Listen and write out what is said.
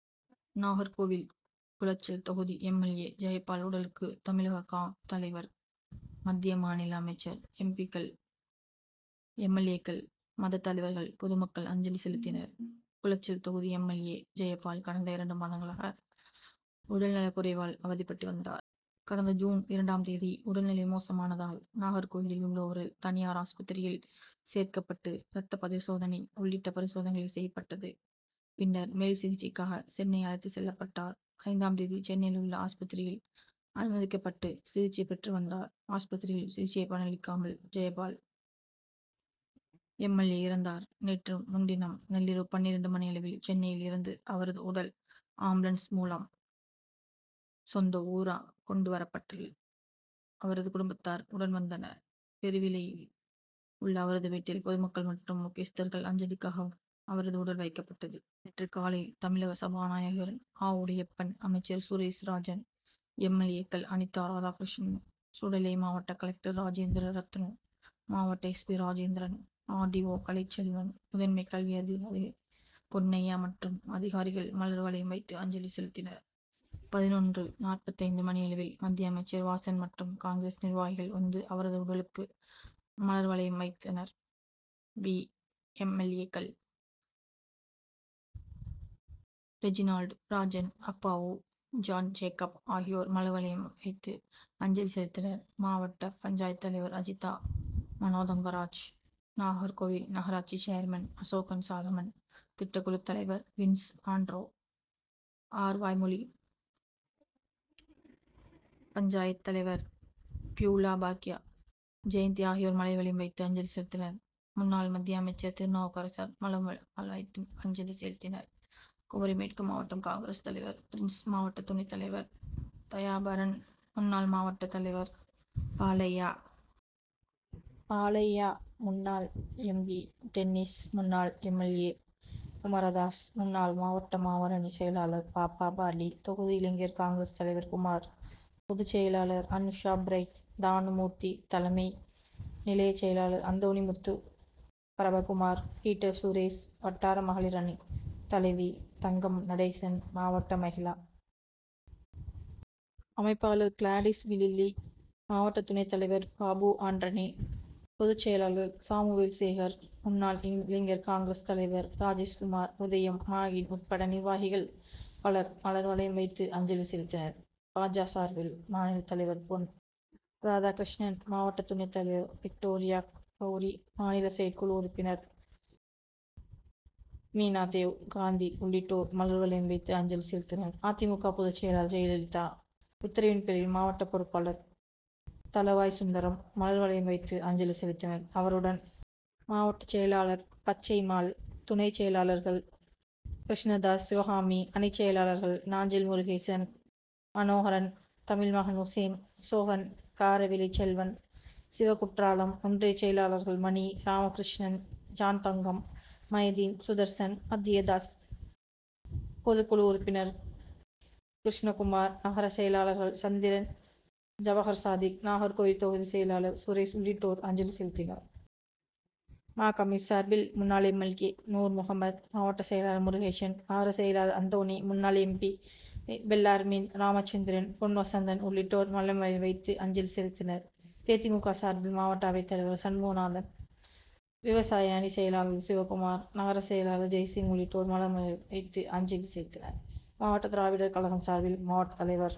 நாகர்கோவில் குளச்சல் தொகுதி M. L. A., Jeyapal உடலுக்கு தமிழக காங்., தலைவர்கள், மத்திய மாநில அமைச்சர்கள், எம். பி.,க்கள், எம். எல். ஏ.,க்கள், மத தலைவர்கள், பொதுமக்கள் அஞ்சலி செலுத்தினர். குளச்சல் தொகுதி எம். எல். ஏ., ஜெயபால் கடந்த இரண்டு மாதங்களாக உடல்நலக்குறைவால் அவதிப்பட்டு வந்தார். கடந்த ஜூன் இரண்டாம் தேதி உடல்நிலை மோசமானதால் நாகர்கோவிலில் உள்ள ஒரு தனியார் ஆஸ்பத்திரியில் சேர்க்கப்பட்டு ரத்த பரிசோதனை உள்ளிட்ட பரிசோதனைகள் செய்யப்பட்டது. பின்னர் மேல் சிகிச்சைக்காக சென்னை அழைத்து செல்லப்பட்டார். ஐந்தாம் தேதி சென்னையிலுள்ள ஆஸ்பத்திரியில் அனுமதிக்கப்பட்டு சிகிச்சை பெற்று வந்தார். ஆஸ்பத்திரியில் சிகிச்சை பலனளிக்காமல் ஜெயபால் எம். எல். ஏ., இறந்தார். நேற்று முன்தினம் நள்ளிரவு பன்னிரண்டு மணியளவில் சென்னையில் இருந்து அவரது உடல் ஆம்புலன்ஸ் மூலம் சொந்த ஊர் கொண்டு வரப்பட்டது. அவரது குடும்பத்தாரும் உடன் வந்தனர். பெருவிளையில் உள்ள அவரது வீட்டில் பொதுமக்கள் மற்றும் முக்கியஸ்தர்கள் அஞ்சலிக்காக அவரது உடல் வைக்கப்பட்டது. நேற்று காலை தமிழக சபாநாயகர் ஆவுடையப்பன், அமைச்சர் சுரேஷ்ராஜன், எம். எல். ஏ. க்கள் அனிதா ராதாகிருஷ்ணன், சுடலை, மாவட்ட கலெக்டர் ராஜேந்திர ரத்னு, மாவட்ட S. P. Rajendran, R. D. O. Kalaiselvan, முதன்மை கல்வி அதிகாரி பொன்னையா, மற்றும் அதிகாரிகள் மலர் வளையம் வைத்து அஞ்சலி செலுத்தினர். பதினொன்று.நாற்பத்தைந்து மணியளவில் மத்திய அமைச்சர் வாசன் மற்றும் காங்கிரஸ் நிர்வாகிகள் வந்து அவரது உடலுக்கு மலர் வளையம் வைத்தனர். பி., எம். எல். ஏ. க்கள் ரெஜினால்டு, ராஜன், அப்பாவு, ஜாண்ஜேக்கப் ஆகியோர் மலர் வளையம் வைத்து அஞ்சலி செலுத்தினர். மாவட்ட பஞ்., தலைவர் அஜிதா மனோதங்கராஜ், நாகர்கோவில் நகராட்சி சேர்மன் அசோகன் சாலமன், திட்டக்குழு தலைவர் வின்ஸ் ஆன்றோ, ஆரல்வாய்மொழி பஞ்., தலைவர் பியூலா பாக்கிய ஜெயந்தி ஆகியோர் மலர் வளையம் வைத்து அஞ்சலி செலுத்தினர். முன்னாள் மத்திய அமைச்சர் திருநாவுக்கரசு மலர் வளையம் வைத்து அஞ்சலி செலுத்தினார். குமரி மேற்கு மாவட்ட காங்., தலைவர் பிரின்ஸ், மாவட்ட துணை தலைவர் தயாபரன், முன்னாள் மாவட்ட தலைவர் பாலையா, ஆ. பாலையா, முன்னாள் எம். பி. டென்னிஸ், முன்னாள் எம். எல். ஏ. குமாரதாஸ், முன்னாள் மாவட்ட மாணவரணி செயலாளர் பாபா, பார்லி., தொகுதி இளைஞர் காங்., தலைவர் குமார், பொது செயலாளர் அனுஷா பிரைட், தாணுமூர்த்தி, தலைமை நிலைய செயலாளர் அந்தோணிமுத்து, பிரபகுமார், பீட்டர், சுரேஷ், வட்டார மகளிரணி தலைவி தங்கம்நடேசன், மாவட்ட மகிளா காங்., அமைப்பாளர் கிளாடிஸ் லில்லி, மாவட்ட துணை தலைவர் பாபு ஆன்றணி, பொது செயலாளர் சாமுவேல் சேகர், முன்னாள் இளைஞர் காங்., தலைவர்கள் ராஜேஷ்குமார், உதயம், மாகின் உட்பட நிர்வாகிகள் பலர் மலர் வளையம் வைத்து அஞ்சலி செலுத்தினர். பா. ஜ. சார்பில் மாநில தலைவர் பொன். ராதாகிருஷ்ணன், மாவட்ட துணை தலைவர் விக்டோரியாகவுரி, மாநில செயற்குழு உறுப்பினர்கள் மீனாதேவ், காந்தி உள்ளிட்டோர் மலர் வளையம் வைத்து அஞ்சலி செலுத்தினர். அ. தி. மு. க. பொது செயலாளர் ஜெயலலிதா உத்தரவின்பேரில் மாவட்ட பொறுப்பாளர் தளவாய்சுந்தரம் மலர் வளையம் வைத்து அஞ்சலி செலுத்தினார். அவருடன் மாவட்ட செயலாளர் பச்சைமால், துணை செயலாளர்கள் கிருஷ்ணதாஸ், சிவகாமி, அணி செயலாளர்கள் நாஞ்சில் முருகேசன், மனோகரன், தமிழ்மகன் உசேன், அசோகன், காரவிளை செல்வன், சிவகுற்றாலம், ஒன்றிய செயலாளர்கள் மணி, ராமகிருஷ்ணன், ஜாண்தங்கம், மைதீன், சுதர்சன், மத்தியாஸ், பொதுக்குழு உறுப்பினர் கிருஷ்ணகுமார், நகர செயலாளர்கள் சந்திரன், ஜபகர் சாதிக், நாகர்கோவில் தொகுதி செயலாளர் சுரேஷ் உள்ளிட்டோர் அஞ்சலி செலுத்தினர். மா. கம்யூ., சார்பில் முன்னாள் எம். எல். ஏ. நூர்முகம்மது, மாவட்ட செயலளார் முருகேசன், நகர செயலாளர் அந்தோணி, முன்னாள் எம். பி. பெல்லார்மின், ராமச்சந்திரன், பொன் வசந்தன் உள்ளிட்டோர் மலர் வளையம் வைத்து அஞ்சலி செலுத்தினர். தே. மு. தி. க. சார்பில் மாவட்ட அவைத்தலைவர் சண்முகானந்தம், விவசாய அணி செயலாளர் சிவகுமார், நகர செயலாளர் ஜெயசிங் உள்ளிட்டோர் மலர் வளையம் வைத்து அஞ்சலி செலுத்தினர். மாவட்ட திராவிடர் கழகம் சார்பில் மாவட்ட தலைவர்